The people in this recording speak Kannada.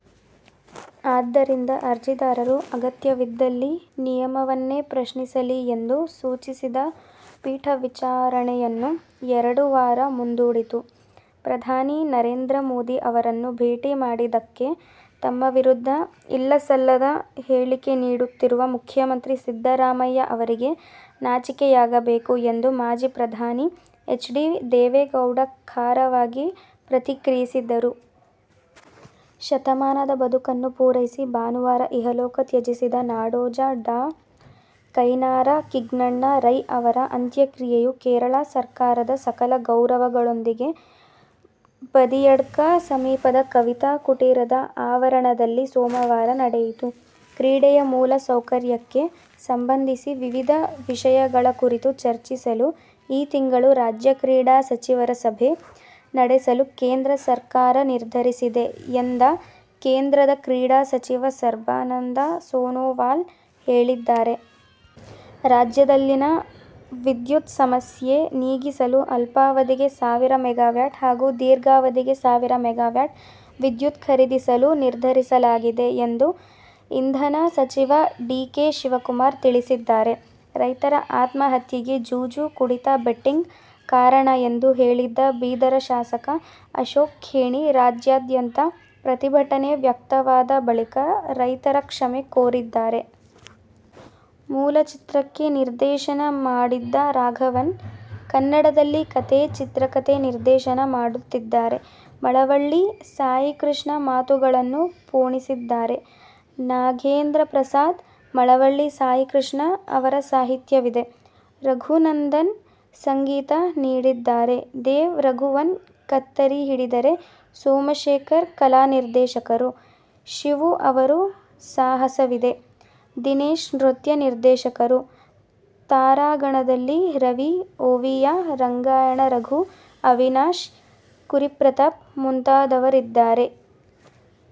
ಆದ್ದರಿಂದ ಅರ್ಜಿದಾರರು ಅಗತ್ಯವಿದ್ದಲ್ಲಿ ನಿಯಮವನ್ನೇ ಪ್ರಶ್ನಿಸಲಿ ಎಂದು ಸೂಚಿಸಿದ ಪೀಠ ವಿಚಾರಣೆಯನ್ನು ಎರಡು ವಾರ ಮುಂದೂಡಿತು. ಪ್ರಧಾನಿ ನರೇಂದ್ರ ಮೋದಿ ಅವರನ್ನು ಭೇಟಿ ಮಾಡಿದ್ದಕ್ಕೆ ತಮ್ಮ ವಿರುದ್ಧ ಇಲ್ಲಸಲ್ಲದ ಹೇಳಿಕೆ ನೀಡುತ್ತಿರುವ ಮುಖ್ಯಮಂತ್ರಿ ಸಿದ್ದರಾಮಯ್ಯ ಅವರಿಗೆ ನಾಚಿಕೆಯಾಗಬೇಕು ಎಂದು ಮಾಜಿ ಪ್ರಧಾನಿ ಎಚ್. ಡಿ. ದೇವೇಗೌಡ ಖಾರವಾಗಿ ಪ್ರತಿಕ್ರಿಯಿಸಿದರು. ಶತಮಾನದ ಬದುಕನ್ನು ಪೂರೈಸಿ ಭಾನುವಾರ ಇಹಲೋಕ ತ್ಯಜಿಸಿದ ನಾಡೋಜ ಡಾ ಕಯ್ನಾರ ಕಿಞ್ಞಣ್ಣ ರೈ ಅವರ ಅಂತ್ಯಕ್ರಿಯೆಯು ಕೇರಳ ಸರ್ಕಾರದ ಸಕಲ ಗೌರವಗಳೊಂದಿಗೆ ಬದಿಯಡ್ಕ ಸಮೀಪದ ಕವಿತಾ ಕುಟೀರದ ಆವರಣದಲ್ಲಿ ಸೋಮವಾರ ನಡೆಯಿತು. ಕ್ರೀಡೆಯ ಮೂಲ ಸೌಕರ್ಯಕ್ಕೆ ಸಂಬಂಧಿಸಿ ವಿವಿಧ ವಿಷಯಗಳ ಕುರಿತು ಚರ್ಚಿಸಲು ಈ ತಿಂಗಳು ರಾಜ್ಯ ಕ್ರೀಡಾ ಸಚಿವರ ಸಭೆ ನಡೆಸಲು ಕೇಂದ್ರ ಸರಕಾರ ನಿರ್ಧರಿಸಿದೆ ಎಂದ ಕೇಂದ್ರದ ಕ್ರೀಡಾ ಸಚಿವ ಸರ್ಬಾನಂದ ಸೊನೋವಾಲ್ ಹೇಳಿದ್ದಾರೆ. ರಾಜ್ಯದಲ್ಲಿನ ವಿದ್ಯುತ್ ಸಮಸ್ಯೆ ನೀಗಿಸಲು ಅಲ್ಪಾವಧಿಗೆ ಸಾವಿರ ಮೆಗಾವ್ಯಾಟ್ ಹಾಗೂ ದೀರ್ಘಾವಧಿಗೆ ಸಾವಿರ ಮೆಗಾವ್ಯಾಟ್ ವಿದ್ಯುತ್ ಖರೀದಿಸಲು ನಿರ್ಧರಿಸಲಾಗಿದೆ ಎಂದು ಇಂಧನ ಸಚಿವ ಡಿ. ಕೆ. ಶಿವಕುಮಾರ್ ತಿಳಿಸಿದ್ದಾರೆ. ರೈತರ ಆತ್ಮಹತ್ಯೆಗೆ ಜೂಜು, ಕುಡಿತ, ಬೆಟ್ಟಿಂಗ್ ಕಾರಣ ಎಂದು ಹೇಳಿದ್ದ ಬೀದರ ಶಾಸಕ ಅಶೋಕ ಖೇಣಿ ರಾಜ್ಯಾದ್ಯಂತ ಪ್ರತಿಭಟನೆ ವ್ಯಕ್ತವಾದ ಬಳಿಕ ರೈತರ ಕ್ಷಮೆ ಕೋರಿದ್ದಾರೆ. ಮೂಲ ಚಿತ್ರಕ್ಕೆ ನಿರ್ದೇಶನ ಮಾಡಿದ್ದ ರಾಘವನ್, ಕನ್ನಡದಲ್ಲಿ ಕಥೆ-ಚಿತ್ರಕತೆ-ನಿರ್ದೇಶನ ಮಾಡುತ್ತಿದ್ದಾರೆ. ಮಳವಳ್ಳಿ ಸಾಯಿಕೃಷ್ಣ ಮಾತುಗಳನ್ನು ಪೋಣಿಸಿದ್ದಾರೆ. ನಾಗೇಂದ್ರಪ್ರಸಾದ್, ಮಳವಳ್ಳಿ ಸಾಯಿಕೃಷ್ಣ ಅವರ ಸಾಹಿತ್ಯವಿದೆ. ರಘುನಂದನ್ ಸಂಗೀತ ನೀಡಿದ್ದಾರೆ. ದೇವ ರಾಘವನ್ ಕತ್ತರಿ ಹಿಡಿದರೆ, ಸೋಮಶೇಖರ್ ಕಲಾನಿರ್ದೇಶಕರು. ಶಿವು ಆವರ ಸಾಹಸವಿದೆ. ದಿನೇಶ್ ನೃತ್ಯ ನಿರ್ದೇಶಕರು. ತಾರಾಗಣದಲ್ಲಿ – ರವಿ, ಓವಿಯಾ, ರಂಗಾಯಣ ರಘು, ಅವಿನಾಶ್, ಕುರಿ ಪ್ರತಾಪ್, ಮುಂತಾದವರಿದ್ದಾರೆ.